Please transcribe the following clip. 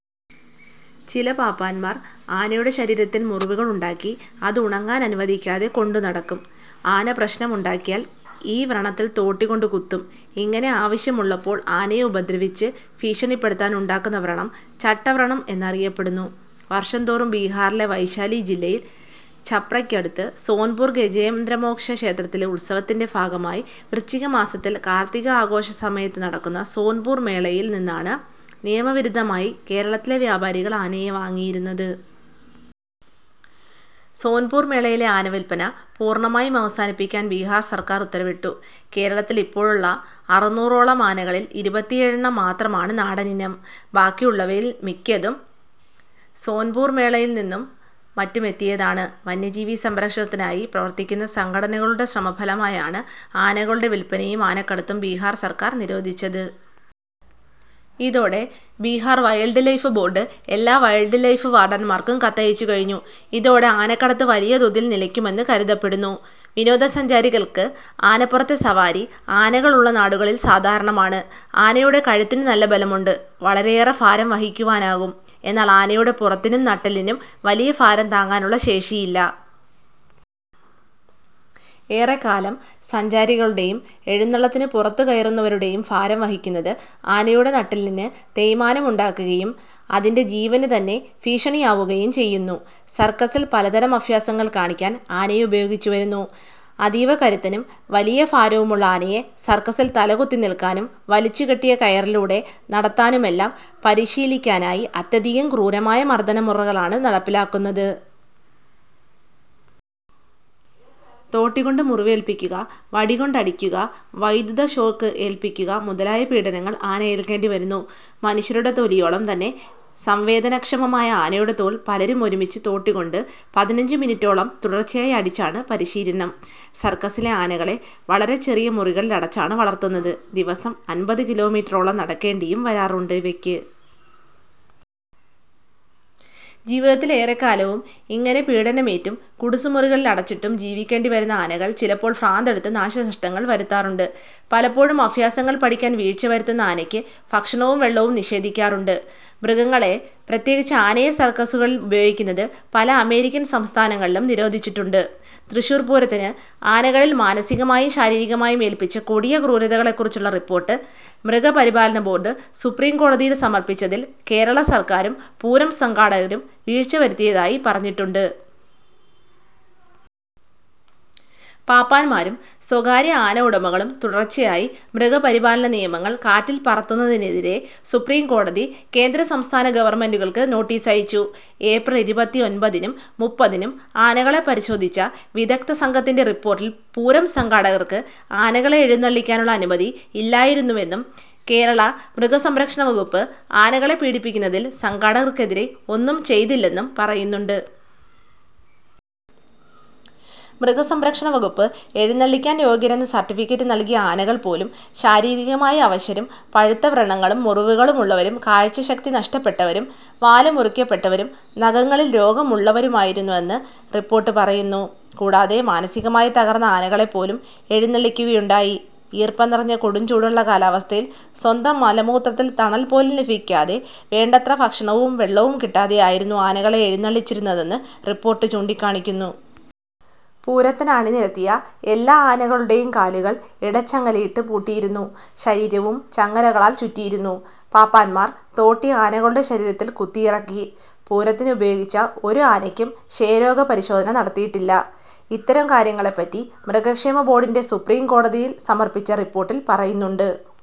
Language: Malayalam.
ചില പാപ്പാന്മാർ ആനയുടെ ശരീരത്തിൽ മുറിവുകൾ ഉണ്ടാക്കി അത് ഉണങ്ങാൻ അനുവദിക്കാതെ കൊണ്ടു നടക്കും. ആന പ്രശ്നം ഉണ്ടാക്കിയാൽ ഈ വ്രണത്തിൽതോട്ടികൊണ്ട് കുത്തും. ഇങ്ങനെ ആവശ്യമുള്ളപ്പോൾ ആനയെ ഉപദ്രവിച്ച് ഭീഷണിപ്പെടുത്താൻ ഉണ്ടാക്കുന്ന വ്രണം ചട്ടവ്രണം എന്ന് അറിയപ്പെടുന്നു. വർഷം തോറും ബിഹാറിലെ വൈശാലി ജില്ലയിൽ ഛപ്രയ്ക്കടുത്ത് സോൻപുർ ഗജേന്ദ്രമോക്ഷ ക്ഷേത്രത്തിലെ ഉത്സവത്തിൻ്റെ ഫാഗമായി വൃശ്ചികമാസത്തിൽ കാർത്തിക ആഘോഷ സമയത്ത് നടക്കുന്ന സോൻപൂർ മേളയിൽ നിന്നാണ് നിയമവിരുദ്ധമായി കേരളത്തിലെ വ്യാപാരികൾ ആനകളെ വാങ്ങിയിരുന്നത്. സോൻപുർ മേളയിലെ ആനവില്പന പൂർണ്ണമായും അവസാനിപ്പിക്കാൻ ബിഹാർ സർക്കാർ ഉത്തരവിട്ടു. കേരളത്തിൽ ഇപ്പോളുള്ള അറുന്നൂറോളം ആനകളിൽ ഇരുപത്തിഏഴെണ്ണം മാത്രമാണ് നാടൻ ഇനം. ബാക്കിയുള്ളവയിൽ മിക്കതും സോൻപുർ മേളയിൽനിന്നും മറ്റും എത്തിയതാണ്. വന്യജീവി സംരക്ഷണത്തിനായി പ്രവർത്തിക്കുന്ന സംഘടനകളുടെ ശ്രമഫലമായാണ് ആനകളുടെ വില്പനയും ആനക്കടത്തും ബിഹാർ സർക്കാർ നിരോധിച്ചത്. ഇതോടെ ബിഹാർ വൈൽഡ് ലൈഫ് ബോർഡ് എല്ലാ വൈൽഡ് ലൈഫ് വാർഡൻമാർക്കും കത്തയച്ചുകഴിഞ്ഞു. ഇതോടെ ആനക്കടത്ത് വലിയതോതിൽ നിലയ്ക്കുമെന്നു കരുതപ്പെടുന്നു. വിനോദസഞ്ചാരികൾക്ക് ആനപ്പുറത്തെ സവാരി ആനകൾ ഉള്ള നാടുകളിൽ സാധാരണമാണ്. ആനയുടെ കഴുത്തിനു നല്ല ബലമുണ്ട്, വളരെയേറെ ഫാരം വഹിക്കുവാനും ആകും, എന്നാൽ ആനയുടെ പുറത്തിനും നട്ടെല്ലിനും വലിയ ഫാരം താങ്ങാനുള്ള ശേഷിയില്ല. ഏറെക്കാലം സഞ്ചാരികളുടെയും എഴുന്നള്ളത്തിനു പുറത്തുകയറുന്നവരുടെയും ഫാരം വഹിക്കുന്നത് ആനയുടെ നട്ടെല്ലിന് തേയ്മാനം ഉണ്ടാക്കുകയും അതിൻ്റെ ജീവനുതന്നെ ഭീഷണി ആവുകയും ചെയ്യുന്നു. സർക്കസ്സിൽ പലതരം അഫ്യാസങ്ങൾ കാണിക്കാൻ ആനയെ ഉപയോഗിച്ചുവരുന്നു. അതീവ കരുത്തനും വലിയ ഫാരവുമുള്ള ആനയെ സർക്കസ്സിൽ തലകുത്തിനിൽക്കാനും വലിച്ചുകെട്ടിയ കയറിലൂടെ നടത്താനുമെല്ലാം പരിശീലിപ്പിക്കാനായി അത്യധികം ക്രൂരമായ മർദ്ദനമുറകളാണ് നടപ്പിലാക്കുന്നത്. തോട്ടി കൊണ്ട് മുറിവേൽപ്പിക്കുക, വടികൊണ്ട് അടിക്കുക, വൈദ്യുത ഷോക്ക് ഏൽപ്പിക്കുക മുതലായ പീഡനങ്ങൾ ആന ഏൽക്കേണ്ടിവരുന്നു. മനുഷ്യരുടെ തൊലിയോളം തന്നെ സംവേദനക്ഷമമായ ആനയുടെ തോൽ പലരും ഒരുമിച്ച് തോട്ടികൊണ്ട് പതിനഞ്ച് മിനുറ്റോളം തുടർച്ചയായി അടിച്ചാണ് പരിശീലനം. സർക്കസ്സിലെ ആനകളെ വളരെ ചെറിയ മുറികളിൽ അടച്ചാണ് വളർത്തുന്നത്, ദിവസം അൻപത് കിലോമീറ്ററോളം നടക്കേണ്ടിയും വരാറുണ്ട് ഇവയ്ക്ക്. ജീവിത്തിൽ ഏറെക്കാലവും ഇങ്ങനെ പീഡനമേറ്റും കുടുസ്സുമുറികളിൽ അടച്ചിട്ടും ജീവിക്കേണ്ടിവരുന്ന ആനകൾ ചിലപ്പോൾ ഭ്രാന്തെടുത്ത് നാശനഷ്ടങ്ങൾ വരുത്താറുണ്ട്. പലപ്പോഴും അഫ്യാസങ്ങൾ പഠിക്കാൻ വീഴ്ചവരുത്തുന്ന ആനയ്ക്ക് ഫക്ഷണവും വെള്ളവും നിഷേധിക്കാറുണ്ട്. മൃഗങ്ങളെ, പ്രത്യേകിച്ച് ആനയെ സർക്കസ്സുകളിൽ ഉപയോഗിക്കുന്നത് പല അമേരിക്കൻ സംസ്ഥാനങ്ങളിലും നിരോധിച്ചിട്ടുണ്ട്. തൃശൂർ പൂരത്തിന് ആനകളിൽ മാനസികമായും ശാരീരികമായും ഏൽപ്പിച്ച കൊടിയ ക്രൂരതകളെക്കുറിച്ചുള്ള റിപ്പോർട്ട് മൃഗപരിപാലന ബോഡ് സുപ്രീം കോടതിയിൽ സമർപ്പിച്ചതിൽ കേരളസർക്കാരും പൂരം സംഘാടകരും വീഴ്ച്ചവരുത്തിയതായി പറഞ്ഞിട്ടുണ്ട്. പാപ്പാന്മാരും സ്വകാര്യ ആന ഉടമകളും തുടർച്ചയായി മൃഗപരിപാലനനിയമങ്ങൾ കാറ്റിൽപ്പറത്തുന്നതിനെതിരെ സുപ്രീം കോടതി കേന്ദ്ര സംസ്ഥാന ഗവർമെൻ്റുകൾക്ക് നോട്ടീസ് അയച്ചു. ഏപ്രിൽ ഇരുപത്തിഒൻപതിനും മുപ്പതിനും ആനകളെ പരിശോധിച്ച വിദഗ്ദ്ധസംഘത്തിൻ്റെ റിപ്പോർട്ടിൽ പൂരം സംഘാടകർക്ക് ആനകളെ എഴുന്നള്ളിക്കാനുള്ള അനുമതി ഇല്ലായിരുന്നുവെന്നും കേരള മൃഗസംരക്ഷണവകുപ്പ് ആനകളെ പീഡിപ്പിക്കുന്നതിൽ സംഘാടകർക്കെതിരെ ഒന്നും ചെയ്തില്ലെന്നും പറയുന്നുണ്ട്. മൃഗസംരക്ഷണവകുപ്പ് എഴുന്നള്ളിക്കാൻ യോഗ്യരെന്ന് സർട്ടിഫിക്കറ്റ് നൽകിയ ആനകൾ പോലും ശാരീരികമായി അവശരും പഴുത്ത വ്രണങ്ങളും മുറിവുകളും ഉള്ളവരും കാഴ്ചശക്തി നഷ്ടപ്പെട്ടവരും വാല് മുറിക്കപ്പെട്ടവരും നഖങ്ങളിൽ രോഗമുള്ളവരുമായിരുന്നെന്ന് റിപ്പോർട്ട് പറയുന്നു. കൂടാതെ മാനസികമായി തകർന്ന ആനകളെപ്പോലും എഴുന്നള്ളിക്കുകയുണ്ടായി. ഈർപ്പം നിറഞ്ഞ കൊടും ചൂടുള്ള കാലാവസ്ഥയിൽ സ്വന്തം മലമൂത്രത്തിൽ തണൽപോലും ലഭിക്കാതെ വേണ്ടത്ര ഭക്ഷണവും വെള്ളവും കിട്ടാതെ ആയിരുന്നു ആനകളെ എഴുന്നള്ളിച്ചിരുന്നതെന്ന് റിപ്പോർട്ട് ചൂണ്ടിക്കാണിക്കുന്നു. പൂരത്തിന് അണിനിരത്തിയ എല്ലാ ആനകളുടെയും കാലുകൾ ഇടച്ചങ്ങലയിട്ട് പൂട്ടിയിരുന്നു. ശരീരവും ചങ്ങലകളാൽ ചുറ്റിയിരുന്നു. പാപ്പാൻമാർ തോട്ടി ആനകളുടെ ശരീരത്തിൽ കുത്തിയിറക്കി. പൂരത്തിന് ഉപയോഗിച്ച ഒരു ആനയ്ക്കും ക്ഷയരോഗ പരിശോധന നടത്തിയിട്ടില്ല. ഇത്തരം കാര്യങ്ങളെപ്പറ്റി മൃഗക്ഷേമ ബോർഡിൻ്റെ സുപ്രീം കോടതിയിൽ സമർപ്പിച്ച റിപ്പോർട്ടിൽ പറയുന്നുണ്ട്.